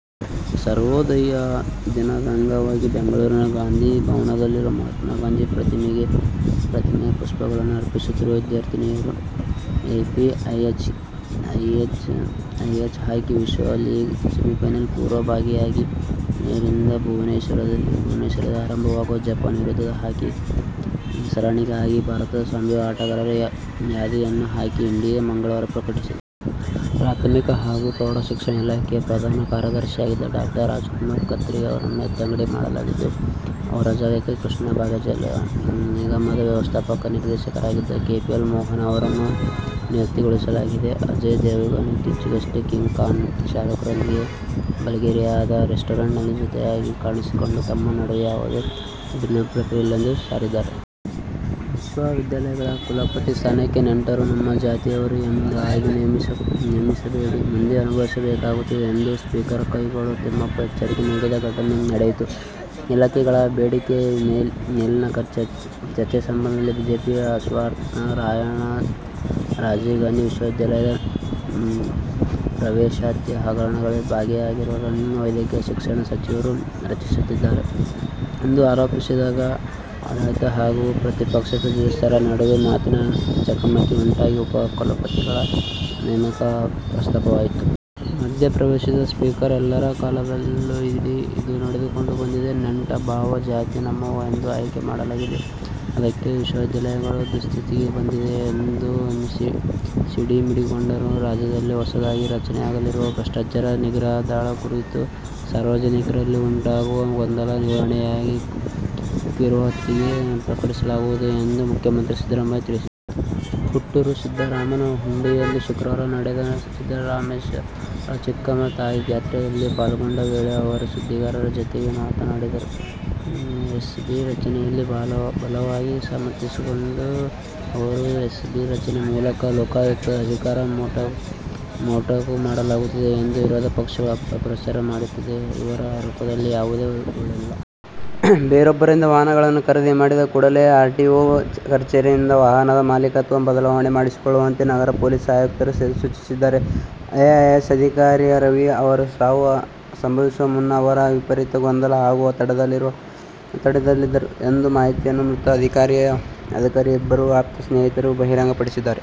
ಸರ್ವೋದಯ ದಿನದ ಅಂಗವಾಗಿ ಬೆಂಗಳೂರಿನ ಗಾಂಧಿ ಭವನದಲ್ಲಿರುವ ಮಹಾತ್ಮಾ ಗಾಂಧಿ ಪ್ರತಿಮೆಗೆ ಪುಷ್ಪಗಳನ್ನು ಅರ್ಪಿಸುತ್ತಿರುವ ವಿದ್ಯಾರ್ಥಿನಿಯರು. ಎಫ್ಐಎಚ್ ಹಾಕಿ ವಿಶ್ವ ಲೀಗ್ ಸೆಮಿಫೈನಲ್ ಪೂರ್ವಭಾವಿಯಾಗಿ ಮೇ ರಿಂದ ಭುವನೇಶ್ವರದಲ್ಲಿ ಆರಂಭವಾಗುವ ಜಪಾನ್ ವಿರುದ್ಧದ ಹಾಕಿ ಸರಣಿಗಾಗಿ ಭಾರತದ ಸಂಭಾವ್ಯ ಆಟಗಾರರ ಯಾದಿಯನ್ನು ಹಾಕಿ ಇಂಡಿಯಾ ಮಂಗಳವಾರ ಪ್ರಕಟಿಸಿದೆ. ಪ್ರಾಥಮಿಕ ಹಾಗೂ ಪ್ರೌಢಶಿಕ್ಷಣ ಇಲಾಖೆಯ ಪ್ರಧಾನ ಕಾರ್ಯದರ್ಶಿಯಾಗಿದ್ದ ಡಾ. ರಾಜಕುಮಾರ್ ಖತ್ರಿಯವರನ್ನು ಎತ್ತಂಗಡಿ ಮಾಡಲಾಗಿದ್ದು, ಅವರ ಜಾಗಕ್ಕೆ ಕೃಷ್ಣಭಾಗ್ಯಜಲ ನಿಗಮದ ವ್ಯವಸ್ಥಾಪಕ ನಿರ್ದೇಶಕರಾಗಿದ್ದ ಕಪಿಲ್ ಮೋಹನ್ ಅವರನ್ನು ನಿಯುಕ್ತಿಗೊಳಿಸಲಾಗಿದೆ. ಅಜಯ್ ದೇವಗನ್ ಇತ್ತೀಚೆಗಷ್ಟೇ ಕಿಂಗ್ ಖಾನ್ ಶಾರೂಕ್'ರೊಂದಿಗೆ ಬಲ್ಗೇರಿಯಾದ ರೆಸ್ಟೋರೆಂಟ್'ನಲ್ಲಿ ಜೊತೆಯಾಗಿ ಕಾಣಿಸಿಕೊಂಡು ತಮ್ಮ ನಡುವೆ ಯಾವುದೇ ಭಿನ್ನಾಬಿಪ್ರಾಯವಿಲ್ಲವೆಂದು ಸಾರಿದ್ದರು. ವಿಶ್ವವಿದ್ಯಾಲಯಗಳ ಕುಲಪತಿ ಸ್ಥಾನಕ್ಕೆ ನೆಂಟರು, ನಮ್ಮ ಜಾತಿಯವರು ಎಂದು ಆಯ್ದು ನೇಮಿಸಬೇಡಿ. ಮುಂದೆ ಅನುಭವಿಸಬೇಕಾಗುತ್ತದೆ ಎಂದು ಸ್ಪೀಕರ್ ಕಾಗೋಡು ತಿಮ್ಮಪ್ಪ ಎಚ್ಚರಿಕೆ ನೀಡಿದ ಘಟನೆ ನಡೆಯಿತು. ಇಲಾಖೆಗಳ ಬೇಡಿಕೆ ಮೇಲಿನ ಚರ್ಚೆ ಸಂದರ್ಭದಲ್ಲಿ ಬಿಜೆಪಿಯ ಅಶ್ವತ್ಥ್ನಾರಾಯಣ, ರಾಜೀವ್ಗಾಂಧಿ ವಿಶ್ವವಿದ್ಯಾಲಯದ ಪ್ರವೇಶಾತಿ ಹಗರಣದಲ್ಲಿ ಭಾಗಿಯಾಗಿರುವವರನ್ನು ವೈದ್ಯಕೀಯ ಶಿಕ್ಷಣ ಸಚಿವರು ರಕ್ಷಿಸುತ್ತಿದ್ದಾರೆ ಎಂದು ಆರೋಪಿಸಿದಾಗ ಆಡಳಿತ ಹಾಗೂ ಪ್ರತಿಪಕ್ಷ ಸದಸ್ಯರ ನಡುವೆ ಮಾತಿನ ಚಕಮಕಿ ಉಂಟಾಗಿ ಉಪ ಕುಲಪತಿಗಳ ನೇಮಕ ಪ್ರಸ್ತಾಪವಾಯಿತು. ಮಧ್ಯೆಪ್ರವೇಶಿದ ಸ್ಪೀಕರ್, ಎಲ್ಲರ ಕಾಲದಲ್ಲೂ ಇದು ನಡೆದುಕೊಂಡು ಬಂದಿದೆ. ನೆಂಟ, ಭಾವ, ಜಾತಿ, ನಮ್ಮವ ಎಂದು ಆಯ್ಕೆ ಮಾಡಲಾಗಿದೆ. ಅದಕ್ಕೆ ವಿಶ್ವವಿದ್ಯಾಲಯಗಳು ದುಸ್ಥಿತಿಗೆ ಬಂದಿವೆ ಎಂದು ಸಿಡಿಮಿಡಿಗೊಂಡರು. ರಾಜ್ಯದಲ್ಲಿ ಹೊಸದಾಗಿ ರಚನೆಯಾಗಲಿರುವ ಭ್ರಷ್ಟಾಚಾರ ನಿಗ್ರಹ ದಳ ಕುರಿತು ಸಾರ್ವಜನಿಕರಲ್ಲಿ ಉಂಟಾಗಿರುವ ಗೊಂದಲ ನಿವಾರಣೆಗಾಗಿ ಕಿರುಹೊತ್ತಿಗೆ ಪ್ರಕಟಿಸಲಾಗುವುದು ಎಂದು ಮುಖ್ಯಮಂತ್ರಿ ಸಿದ್ದರಾಮಯ್ಯ ತಿಳಿಸಿದ್ದಾರೆ. ಹುಟ್ಟೂರು ಸಿದ್ದರಾಮನಹುಂಡಿಯಲ್ಲಿ ಶುಕ್ರವಾರ ನಡೆದ ಸಿದ್ದರಾಮೇಶ್ವರ-ಚಿಕ್ಕಮ್ಮ ತಾಯಿ ಜಾತ್ರೆಯಲ್ಲಿ ಪಾಲ್ಗೊಂಡ ವೇಳೆ ಅವರು ಸುದ್ದಿಗಾರರ ಜತೆ ಮಾತನಾಡಿದರು. ಎಸಿಬಿ ರಚನೆಯನ್ನು ಬಲವಾಗಿ ಸಮರ್ಥಿಸಿಕೊಂಡ ಅವರು, ಎಸಿಬಿ ರಚನೆ ಮೂಲಕ ಲೋಕಾಯುಕ್ತದ ಅಧಿಕಾರ ಮೊಟಕು ಮಾಡಲಾಗುತ್ತಿದೆ ಎಂದು ವಿರೋಧ ಪಕ್ಷಗಳು ಅಪಪ್ರಚಾರ ಮಾಡುತ್ತಿವೆ. ಇವರ ಆರೋಪದಲ್ಲಿ ಯಾವುದೇ ಹುರುಳಿಲ್ಲ. ಬೇರೊಬ್ಬರಿಂದ ವಾಹನಗಳನ್ನು ಖರೀದಿ ಮಾಡಿದ ಕೂಡಲೇ ಆರ್ಟಿಒ ಕಚೇರಿಯಿಂದ ವಾಹನದ ಮಾಲಿಕತ್ವ ಬದಲಾವಣೆ ಮಾಡಿಸಿಕೊಳ್ಳುವಂತೆ ನಗರ ಪೊಲೀಸ್ ಆಯುಕ್ತರು ಸೂಚಿಸಿದ್ದಾರೆ. ಐಎಎಸ್ ಅಧಿಕಾರಿ ರವಿ ಅವರ ಸಾವು ಸಂಭವಿಸುವ ಮುನ್ನ ಅವರು ವಿಪರೀತ ಗೊಂದಲ ಹಾಗೂ ಒತ್ತಡದಲ್ಲಿದ್ದರು ಎಂಬ ಮಾಹಿತಿಯನ್ನು ಮೃತ ಅಧಿಕಾರಿಯ ಇಬ್ಬರು ಆಪ್ತ ಸ್ನೇಹಿತರು ಬಹಿರಂಗಪಡಿಸಿದ್ದಾರೆ.